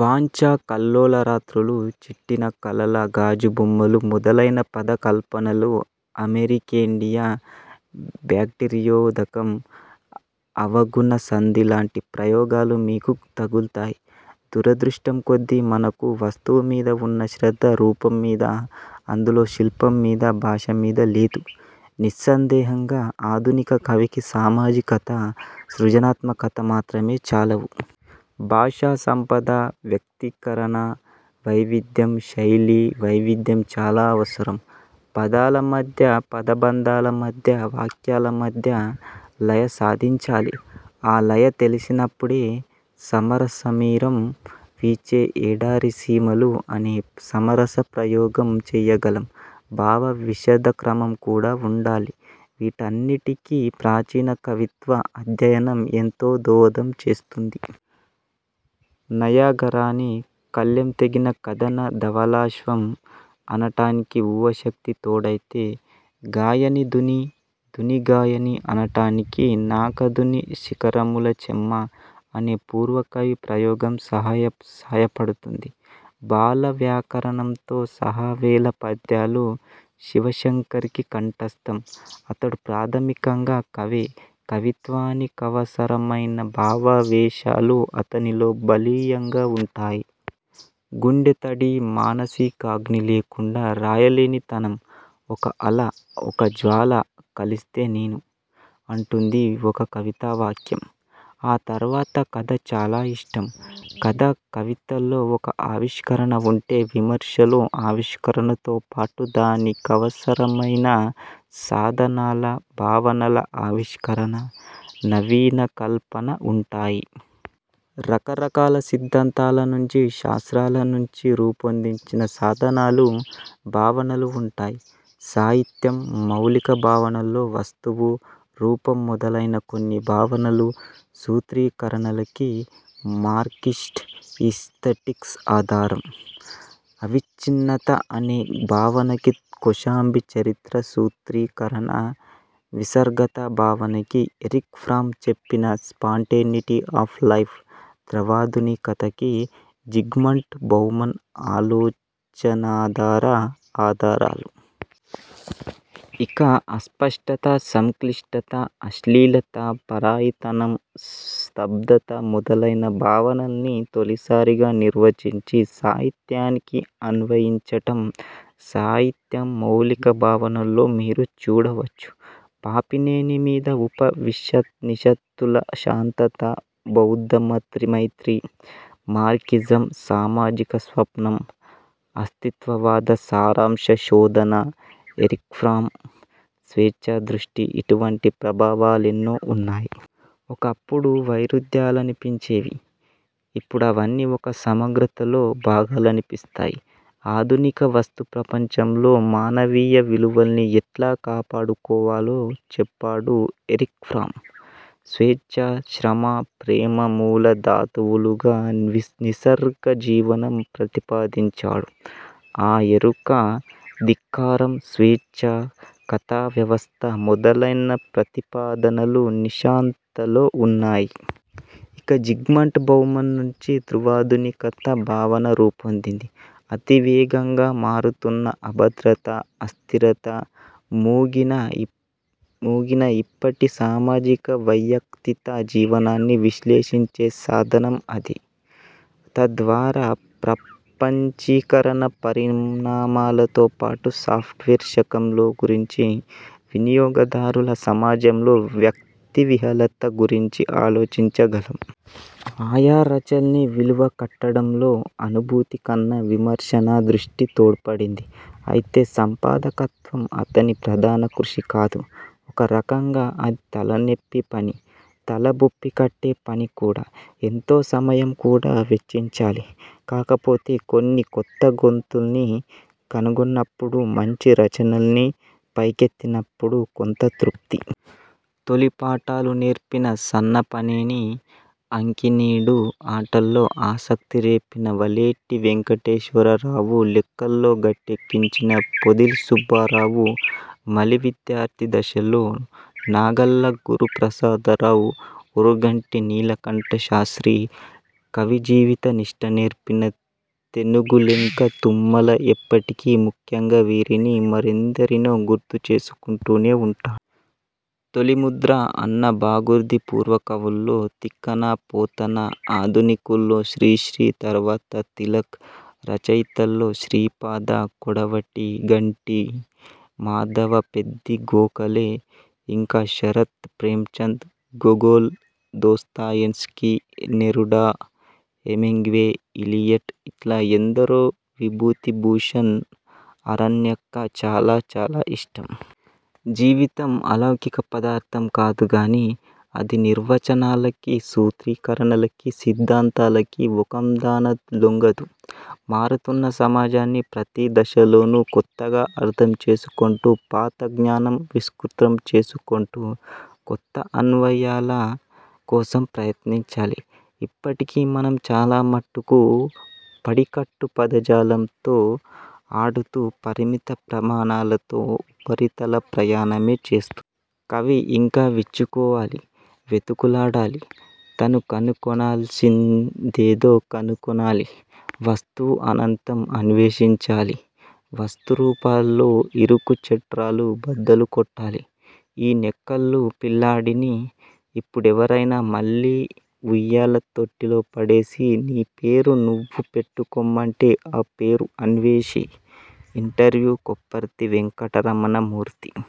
వాంఛా కల్లోల రాత్రులు, చిట్లిన కలల గాజు బొమ్మలు మొదలైన పదకల్పనలు అమెరికేండియా, బాక్టీరియోదకం, అవగుణ సంధి లాంటి ప్రయోగాలు మీకు తగుల్తాయి. దురదృష్టం కొద్దీ మనకు వస్తువు మీద ఉన్న శ్రద్ధ రూపం మీద, అందులో శిల్పం మీద, భాషమీద లేదు. నిస్సందేహంగా. ఆధునిక కవికి సామాజికత, సృజనా త్మకత మాత్రమే చాలవు. భాషా సంపద, వ్యక్తీకరణ వైవిధ్యం, శైలీ వైవిధ్యం చాలా అవసరం. పదాల మధ్య, పద బంధాల మధ్య, వాక్యాల మధ్య లయ సాధించాలి. ఆ లయ తెలిసినప్పుడే 'సమరసమీరం వీచే ఎడారిసీమలు' అనే సమరస ప్రయోగం చెయ్యగలం. భావ విశద క్రమం కూడా ఉండాలి. వీటన్నిటికి ప్రాచీన కవిత్వ అధ్యయనం ఎంతో దోహదం చేస్తుంది. నయాగరాని 'కళ్లెం తెగిన కదన ధవళాశ్వం' అనటానికి ఊహాశక్తి తోడైతే 'గాయనీ ధుని, ధునీ గాయని' అనటానికి 'నాకధునీ శీకరముల చెమ్మ' అనే పూర్వకవి ప్రయోగం సాయపడుతుంది. బాల వ్యాకరణంతో సహా వేల పద్యాలు శివశంకర్కి కంఠస్థం. అతడు ప్రాథమికంగా కవే. కవిత్వానికవసరమైన భావావేశాలు అతనిలో బలీయంగా ఉంటాయి. గుండె తడి, మానసికాగ్ని లేకుండా రాయలేనితనం. 'ఒక అల, ఒక జ్వాల కలిస్తే నేను' అంటుంది ఒక కవితావాక్యం. ఆ తర్వాత కథ చాలా ఇష్టం. కథ, కవితల్లో ఒక ఆవిష్కరణ ఉంటే విమర్శలో ఆవిష్కరణతో పాటు దాని కవసరమైన సాధనాల, భావనల ఆవిష్కరణ, నవీనకల్పన ఉంటాయి. రకరకాల సిద్ధాంతాల నుంచి, శాస్త్రాల నుంచి రూపొందించిన సాధనాలు, భావనలు ఉంటాయి. 'సాహిత్యం మౌలిక భావనల్లో వస్తువు, రూపం మొదలైన కొన్ని భావనలు, సూత్రీకరణలకి మార్క్సిస్ట్ ఈస్తటిక్స్ అధారం. అవిచ్ఛిన్నత అనే భావనకి కొశాంబి చరిత్ర సూత్రీకరణ, నిసర్గతా భావనకి ఎరిక్ ఫ్రామ్ చెప్పిన స్పాంటేనిటీ ఆఫ్ లైఫ్, ద్రవాధునికతకి జిగ్మంట్ బౌమన్ ఆలోచనాధార ఆధారాలు. ఇక అస్పష్టత, సంక్లిష్టత, అశ్లీలత, పరాయితనం, స్తబ్ధత మొదలైన భావనల్ని తొలిసారిగా నిర్వచించి, సాహిత్యానికి అన్వయించటం 'సాహిత్యం మౌలిక భావనల్లో మీరు చూడవచ్చు. పాపినేని మీద ఉప నిష్ నిషత్తుల శాంతత, బౌద్ధ మాత్రి మైత్రి, మార్క్సిజం సామాజిక స్వప్నం, అస్తిత్వవాద సారాంశ శోధన, ఎరిక్ఫ్రామ్ స్వేచ్ఛాదృష్టి ఇటువంటి ప్రభావాలెన్నో ఉన్నాయి. ఒకప్పుడు వైరుధ్యాలనిపించేవి. ఇప్పుడవన్నీ ఒక సమగ్రతలో భాగాలనిపిస్తాయి. ఆధునిక వస్తు ప్రపంచంలో మానవీయ విలువల్ని ఎట్లా కాపాడుకోవాలో, చెప్పాడు ఎరిక్ ఫ్రామ్. స్వేచ్ఛ, శ్రమ, ప్రేమ మూల ధాతువులుగా నిస్ నిసర్గ జీవనం ప్రతిపాదించాడు. ఆ ఎరుక, ధిక్కారం, స్వేచ్ఛా కథావ్యవస్థ మొదలైన ప్రతిపాదనలు 'నిశాంత'లో ఉన్నాయి. ఇక జిగ్మంట్ బౌమన్ నుంచి దృవాధునికత భావన రూపొందింది. అతి వేగంగా మారుతున్న అభద్రత, అస్థిరత మూగిన ఇప్ప మూగిన ఇప్పటి సామాజిక వైయక్తిక జీవనాన్ని విశ్లేషించే సాధనం అది. తద్వారా ప్రపంచీ కరణ పరిణామాలతో పాటు సాఫ్ట్వేర్ శకంలో గురించి, వినియోగదారుల సమాజంలో వ్యక్తి విహలత గురించి ఆలోచించగలం. ఆయా రచనల్ని విలువ గట్టటంలో అనుభూతి కన్న విమర్శనా దృష్టి తోడ్పడింది. అయితే సంపాదకత్వం అతని ప్రధాన కృషి కాదు. ఒక రకంగా అది తలనెప్పి పని. తల బొప్పికట్టే పని కూడా. ఎంతో సమయం కూడా వెచ్చించాలి. కాకపోతే కొన్ని కొత్తగొంతుల్ని కనుగొన్నప్పుడు, మంచి రచనల్ని పైకెత్తినప్పుడు కొంత తృప్తి. తొలి పాఠాలు నేర్పిన స న్నపనేని అంకినీడు, ఆటల్లో ఆసక్తి రేపిన వలేటి వెంకటేశ్వర రావు, లెక్కల్లో గట్టెక్కించిన పొదిలి సుబ్బారావు, మలి విద్యార్థి దశలో నాగళ్ల గురు ప్రసాదరావు, ఓరుగంటి నీలకంఠ శాస్త్రీ, కవి జీవిత నిష్ఠ నేర్పిన తెనుగులెంక తుమ్మల ఎప్పటికీ ముఖ్యంగా వీరిని, మరెందరినో గుర్తు చేసుకుంటూనే ఉంటా. తొలి ముద్ర అన్న బాగూర్ది పూర్వకవుల్లో తిక్కన, పోతన, ఆధునికుల్లో శ్రీశ్రీ తర్వాత తిలక్. రచయితల్లో శ్రీపాద, కొడవటి గంటి, మాధవ పెద్ది గోఖలే. ఇంకా Sarat, Premchand, Gogol, Dostoevsky, Neruda, Hemingway, Eliot ఇట్లా ఎందరో. విభూతి భూషణ్ 'అరణ్యక' చాలా చాలా ఇష్టం. జీవితం అలౌకిక పదార్థం కాదుగాని, అది నిర్వచనాలకి, సూత్రీకరణలకి, సిద్ధాంతాలకి ఒకందాన లొంగదు. మారుతున్న సమాజాన్ని ప్రతి దశలోను కొత్తగా అర్థం చేసుకొంటూ పాత జ్ఞానం విస్ కృతం చేసుకొంటూ కొత్త అన్వయాల కోసం ప్రయత్నించాలి. ఇప్పటికీ మనం చాలమట్టుకు పడికట్టు పదజాలంతో ఆడుతూ పరిమిత ప్రమాణాలతో ఉపరితల ప్రయాణమే చేస్తున కవి ఇంకా విచ్చుకోవాలి, వెతుకులాడాలి, తను కనుగొనాల్సిం దేదో కనుగొనాలి. వస్తువు అనంతం. అన్వేషించాలి. వస్తు రూపాల్లో ఇరుకు చట్రాలు బద్దలు గొట్టాలి. ఈ నెక్కల్లు పిల్లాడిని ఇప్పుడెవరైనా మళ్లీ ఉయ్యాల తొట్టిలో పడేసి, నీ పేరు నువ్వు పెట్టు కొమ్మంటే ఆ పేరు 'అన్వేషి'. ఇంటర్వ్యూ కొప్పర్తి వెంకటరమణ మూర్తి